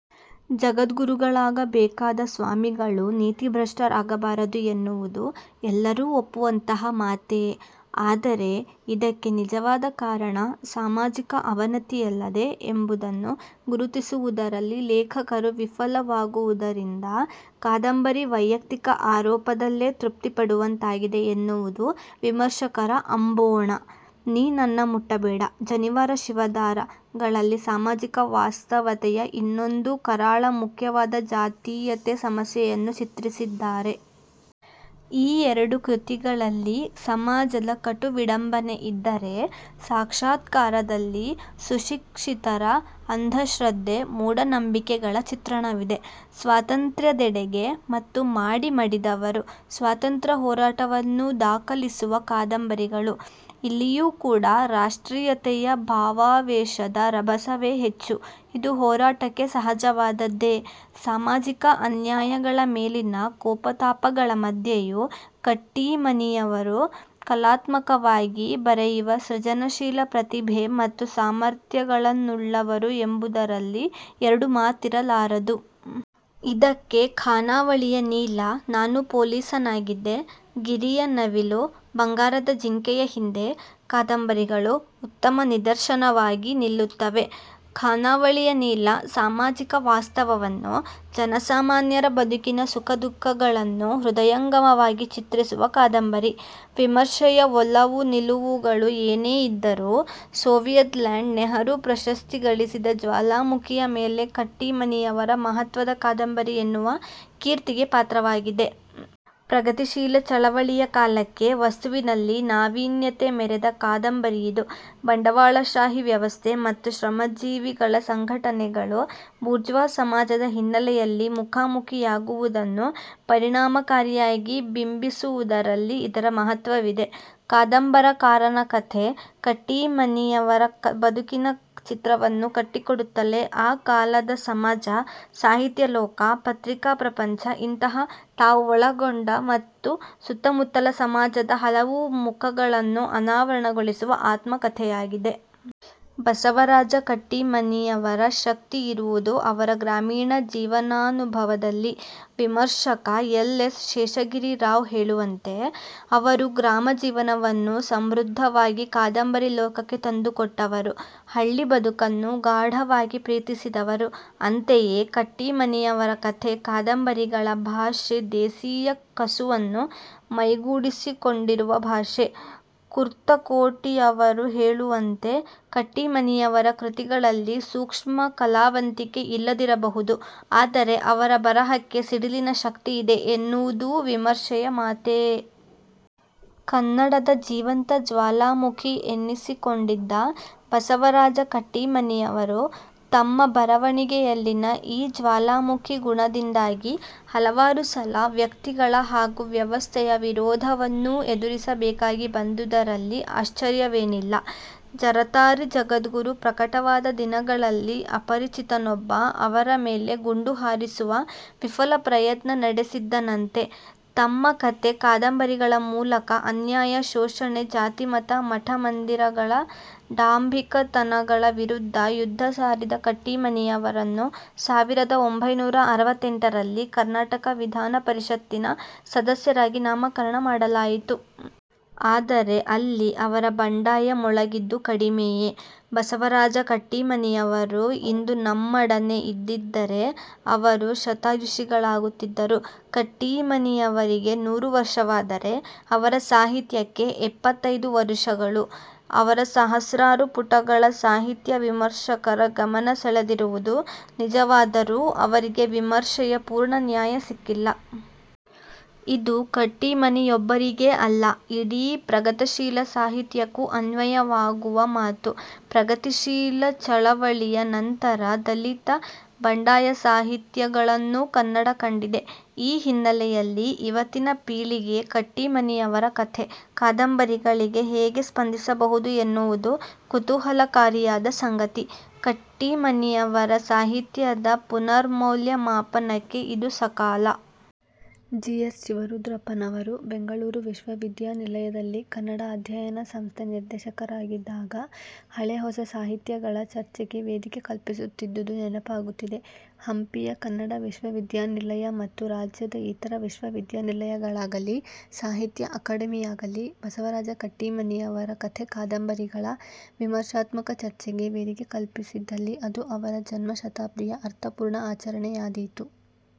ಜಗದ್ಗುರುಗಳಾಗಬೇಕಾದ ಸ್ವಾಮಿಗಳು ನೀತಿಭ್ರಷ್ಟರಾಗಬಾರದು ಎನ್ನುವುದು ಎಲ್ಲರೂ ಒಪ್ಪುವಂತಹ ಮಾತೇ. ಆದರೆ ಇದಕ್ಕೆ ನಿಜವಾದ ಕಾರಣ ಸಾಮಾಜಿಕ ಅವನತಿಯಲ್ಲದೆ ಎಂಬುದನ್ನು ಗುರುತಿಸುವುದರಲ್ಲಿ ಲೇಖಕರು ವಿಫಲವಾಗುವುದರಿಂದ ಕಾದಂಬರಿ ವೈಯಕ್ತಿಕ ಆರೋಪದಲ್ಲೇ ತೃಪ್ತಿಪಡುವಂತಾಗಿದೆ ಎನ್ನುವುದು ವಿಮರ್ಶಕರ ಅಂಬೋಣ. 'ನೀ ನನ್ನ ಮುಟ್ಟಬೇಡ', 'ಜನಿವಾರ ಶಿವದಾರ'ಗಳಲ್ಲಿ ಸಾಮಾಜಿಕ ವಾಸ್ತವತೆಯ ಇನ್ನೊಂದು ಕರಾಳ ಮುಖವಾದ ಜಾತೀಯತೆ ಸಮಸ್ಯೆಯನ್ನು ಚಿತ್ರಿಸಿದ್ದಾರೆ. ಈ ಎರಡು ಕೃತಿಗಳಲ್ಲಿ ಸಮಾಜದ ಕಟು ವಿಡಂಬನೆ ಇದ್ದರೆ, 'ಸಾಕ್ಷಾತ್ಕಾರ'ದಲ್ಲಿ ಸುಶಿಕ್ಷಿತರ ಅಂಧಶ್ರದ್ಧೆ, ಮೂಢನಂಬಿಕೆಗಳ ಚಿತ್ರಣವಿದೆ. 'ಸ್ವಾತಂತ್ರ್ಯದೆಡೆಗೆ' ಮತ್ತು 'ಮಾಡಿ ಮಡಿದವರು' ಸ್ವಾತಂತ್ರ್ಯ ಹೋರಾಟವನ್ನು ದಾಖಲಿಸುವ ಕಾದಂಬರಿಗಳು. ಇಲ್ಲಿಯೂ ಕೂಡ ರಾಷ್ಟ್ರೀಯತೆಯ ಭಾವಾವೇಶದ ರಭಸವೇ ಹೆಚ್ಚು. ಇದು ಹೋರಾಟಕ್ಕೆ ಸಹಜವಾದದ್ದೇ. ಸಾಮಾಜಿಕ ಅನ್ಯಾಯಗಳ ಮೇಲಿನ ಕೋಪತಾಪಗಳ ಮಧ್ಯೆಯೂ ಕಟ್ಟೀಮನಿಯವರು ಕಲಾತ್ಮಕವಾಗಿ ಬರೆಯುವ ಸೃಜನಶೀಲ ಪ್ರತಿಭೆ ಮತ್ತು ಸಾಮರ್ಥ್ಯಗಳನ್ನುಳ್ಳವರು ಎಂಬುದರಲ್ಲಿ ಎರಡು ಮಾತಿರಲಾರದು. ಇದಕ್ಕೆ, 'ಖಾನಾವಳಿಯ ನೀಲ', 'ನಾನು ಪೊಲೀಸನಾಗಿದ್ದೆ, 'ಗಿರಿಯ ನವಿಲು', 'ಬಂಗಾರದ ಜಿಂಕೆಯ ಹಿಂದೆ' ಕಾದಂಬರಿಗಳು ಉತ್ತಮ ನಿದರ್ಶನವಾಗಿ ನಿಲ್ಲುತ್ತವೆ. 'ಖಾನಾವಳಿಯ ನೀಲ' ಸಾಮಾಜಿಕ ವಾಸ್ತವವನ್ನು, ಜನಸಾಮಾನ್ಯರ ಬದುಕಿನ ಸುಖದುಃಖಗಳನ್ನು ಹೃದಯಂಗಮವಾಗಿ ಚಿತ್ರಿಸುವ ಕಾದಂಬರಿ. ವಿಮರ್ಶೆಯ ಒಲವುನಿಲುವುಗಳು ಏನೇ ಇದ್ದರೂ, 'ಸೋವಿಯತ್ ಲ್ಯಾಂಡ್ ನೆಹರೂ ಪ್ರಶಸ್ತಿ'ಗಳಿಸಿದ 'ಜ್ವಾಲಾಮುಖಿಯ ಮೇಲೆ' ಕಟ್ಟೀಮನಿಯವರ ಮಹತ್ವದ ಕಾದಂಬರಿ ಎನ್ನುವ ಕೀರ್ತಿಗೆ ಪಾತ್ರವಾಗಿದೆ. ಪ್ರಗತಿಶೀಲ ಚಳವಳಿಯ ಕಾಲಕ್ಕೆ ವಸ್ತುವಿನಲ್ಲಿ ನಾವೀನ್ಯತೆ ಮೆರೆದ ಕಾದಂಬರಿ ಇದು. ಬಂಡವಾಳಶಾಹಿ ವ್ಯವಸ್ಥೆ ಮತ್ತು ಶ್ರಮಜೀವಿಗಳ ಸಂಘಟನೆಗಳು ಬೂರ್ಜ್ವಾಸಮಾಜದ ಹಿನ್ನೆಲೆಯಲ್ಲಿ ಮುಖಾಮುಖಿಯಾಗುವುದನ್ನು ಪರಿಣಾಮಕಾರಿಯಾಗಿ ಬಿಂಬಿಸುವುದರಲ್ಲಿ ಇದರ ಮಹತ್ವವಿದೆ. 'ಕಾದಂಬರಕಾರನ ಕಥೆ' ಕಟ್ಟೀಮನಿಯವರ ಬದುಕಿನ ಚಿತ್ರವನ್ನು ಕಟ್ಟಿಕೊಡುತ್ತಲೇ ಆ ಕಾಲದ ಸಮಾಜ, ಸಾಹಿತ್ಯಲೋಕ, ಪತ್ರಿಕಾ ಪ್ರಪಂಚ-ಇಂತಹ, ತಾವು ಒಳಗೊಂಡ ತಮ್ಮ ಸುತ್ತಮುತ್ತಲ ಸಮಾಜದ ಹಲವು ಮುಖಗಳನ್ನು ಅನಾವರಣಗೊಳಿಸುವ ಆತ್ಮಕಥೆಯಾಗಿದೆ. ಬಸವರಾಜ ಕಟ್ಟೀಮನಿಯವರ ಶಕ್ತಿ ಇರುವುದು ಅವರ ಗ್ರಾಮೀಣ ಜೀವನಾನುಭವದಲ್ಲಿ. ವಿಮರ್ಶಕ ಎಲ್. ಎಸ್. ಶೇಷಗಿರಿ ರಾವ್ ಹೇಳುವಂತೆ, ಅವರು ಗ್ರಾಮಜೀವನವನ್ನು ಸಮೃದ್ಧವಾಗಿ ಕಾದಂಬರಿ ಲೋಕಕ್ಕೆ ತಂದುಕೊಟ್ಟವರು. ಹಳ್ಳಿ ಬದುಕನ್ನು ಗಾಢವಾಗಿ ಪ್ರೀತಿಸಿದವರು. ಅಂತೆಯೇ ಕಟ್ಟೀಮನಿಯವರ ಕಥೆ, ಕಾದಂಬರಿಗಳ ಭಾಷೆ ದೇಸಿಯ ಕಸುವನ್ನು ಮೈಗೂಡಿಸಿಕೊಂಡಿರುವ ಭಾಷೆ. ಕುರ್ತಕೋಟಿಯವರು ಹೇಳುವಂತೆ ಕಟ್ಟೀಮನಿಯವರ ಕೃತಿಗಳಲ್ಲಿ ಸೂಕ್ಷ್ಮ ಕಲಾವಂತಿಕೆ ಇಲ್ಲದಿರಬಹುದು, ಆದರೆ ಅವರ ಬರಹಕ್ಕೆ ಸಿಡಿಲಿನ ಶಕ್ತಿ ಇದೆ ಎನ್ನುವುದೂ ವಿಮರ್ಶೆಯ ಮಾತೇ. ಕನ್ನಡದ ಜೀವಂತ ಜ್ವಾಲಾಮುಖಿ ಎನ್ನಿಸಿಕೊಂಡಿದ್ದ ಬಸವರಾಜ ಕಟ್ಟೀಮನಿಯವರು ತಮ್ಮ ಬರವಣಿಗೆಯಲ್ಲಿನ ಈ ಜ್ವಾಲಾಮುಖಿ ಗುಣದಿಂದಾಗಿ ಹಲವಾರು ಸಲ ವ್ಯಕ್ತಿಗಳ ಹಾಗೂ ವ್ಯವಸ್ಥೆಯ ವಿರೋಧವನ್ನೂ ಎದುರಿಸಬೇಕಾಗಿ ಬಂದುದರಲ್ಲಿ ಆಶ್ವರ್ಯವೇನಿಲ್ಲ. 'ಜರತಾರಿ ಜಗದ್ಗುರು' ಪ್ರಕಟವಾದ ದಿನಗಳಲ್ಲಿ ಅಪರಿಚಿತನೊಬ್ಬ ಅವರ ಮೇಲೆ ಗುಂಡುಹಾರಿಸುವ ವಿಫಲ ಪ್ರಯತ್ನ ನಡೆಸಿದ್ದನಂತೆ. ತಮ್ಮ ಕಥೆ, ಕಾದಂಬರಿಗಳ ಮೂಲಕ ಅನ್ಯಾಯ, ಶೋಷಣೆ, ಜಾತಿ-ಮತ, ಮಠಮಂದಿರಗಳ ಡಾಂಭಿಕತನಗಳ ವಿರುದ್ಧ ಯುದ್ಧ ಸಾರಿದ ಕಟ್ಟೀಮನಿಯವರನ್ನು ಸಾವಿರದ ಒಂಭೈನೂರ ಅರವತ್ತೆಂಟರಲ್ಲಿ ಕರ್ನಾಟಕ ವಿಧಾನಪರಿಷತ್ತಿನ ಸದಸ್ಯರಾಗಿ ನಾಮಕರಣ ಮಾಡಲಾಯಿತು. ಆದರೆ ಅಲ್ಲಿ ಅವರ ಬಂಡಾಯ ಮೊಳಗಿದ್ದು ಕಡಿಮೆಯೇ. ಬಸವರಾಜ ಕಟ್ಟೀಮನಿಯವರು ಇಂದು ನಮ್ಮಡನೆ ಇದ್ದಿದ್ದರೆ ಅವರು ಶತಾಯುಷಿಗಳಾಗುತ್ತಿದ್ದರು. ಕಟ್ಟೀಮನಿಯವರಿಗೆ ನೂರು ವರ್ಷವಾದರೆ ಅವರ ಸಾಹಿತ್ಯಕ್ಕೆ ಎಪ್ಪತ್ತೈದು ವರುಷಗಳು. ಅವರ ಸಹಸ್ರಾರು ಪುಟಗಳ ಸಾಹಿತ್ಯ ವಿಮರ್ಶಕರ ಗಮನ ಸೆಳೆದಿರುವುದು ನಿಜವಾದರೂ ಅವರಿಗೆ ವಿಮರ್ಶೆಯ ಪೂರ್ಣ ನ್ಯಾಯ ಸಿಕ್ಕಿಲ್ಲ. ಇದು ಕಟ್ಟೀಮನಿಯೊಬ್ಬರಿಗೇ ಅಲ್ಲ, ಇಡೀ ಪ್ರಗತಶೀಲ ಸಾಹಿತ್ಯಕ್ಕೂ ಅನ್ವಯವಾಗುವ ಮಾತು. ಪ್ರಗತಿಶೀಲ ಚಳವಳಿಯ ನಂತರ ದಲಿತ, ಬಂಡಾಯ ಸಾಹಿತ್ಯಗಳನ್ನೂ ಕನ್ನಡ ಕಂಡಿದೆ. ಈ ಹಿನ್ನೆಲೆಯಲ್ಲಿ ಇವತ್ತಿನ ಪೀಳಿಗೆ ಕಟ್ಟೀಮನಿಯವರ ಕಥೆ, ಕಾದಂಬರಿಗಳಿಗೆ ಹೇಗೆ ಸ್ಪಂದಿಸಬಹುದು ಎನ್ನುವುದು ಕುತೂಹಲಕಾರಿಯಾದ ಸಂಗತಿ. ಕಟ್ಟೀಮನಿಯವರ ಸಾಹಿತ್ಯದ ಪುನರ್ಮೌಲ್ಯ ಮಾಪನಕ್ಕೆ ಇದು ಸಕಾಲ. ಜಿ. ಎಸ್. ಶಿವರುದ್ರಪ್ಪನವರು ಬೆಂಗಳೂರು ವಿಶ್ವವಿದ್ಯಾನಿಲಯದಲ್ಲಿ ಕನ್ನಡ ಅಧ್ಯಯನ ಸಂಸ್ಥೆ ನಿರ್ದೇಶಕರಾಗಿದ್ದಾಗ ಹಳೆ-ಹೊಸ ಸಾಹಿತ್ಯಗಳ ಚರ್ಚೆಗೆ ವೇದಿಕೆ ಕಲ್ಪಿಸುತ್ತಿದ್ದುದು ನೆನಪಾಗುತ್ತಿದೆ. ಹಂಪಿಯ ಕನ್ನಡ ವಿಶ್ವವಿದ್ಯಾನಿಲಯ ಮತ್ತು ರಾಜ್ಯದ ಇತರ ವಿಶ್ವವಿದ್ಯಾನಿಲಯಗಳಾಗಲೀ ಸಾಹಿತ್ಯ ಅಕಾಡೆಮಿಯಾಗಲೀ ಬಸವರಾಜ ಕಟ್ಟೀಮನಿಯವರ ಕಥೆ ಕಾದಂಬರಿಗಳ ವಿಮರ್ಶಾತ್ಮಕ ಚರ್ಚೆಗೆ ವೇದಿಕೆ ಕಲ್ಪಿಸಿದಲ್ಲಿ ಅದು ಅವರ ಜನ್ಮ ಶತಾಬ್ದಿಯ ಅರ್ಥಪೂರ್ಣ ಆಚರಣೆಯಾದೀತು.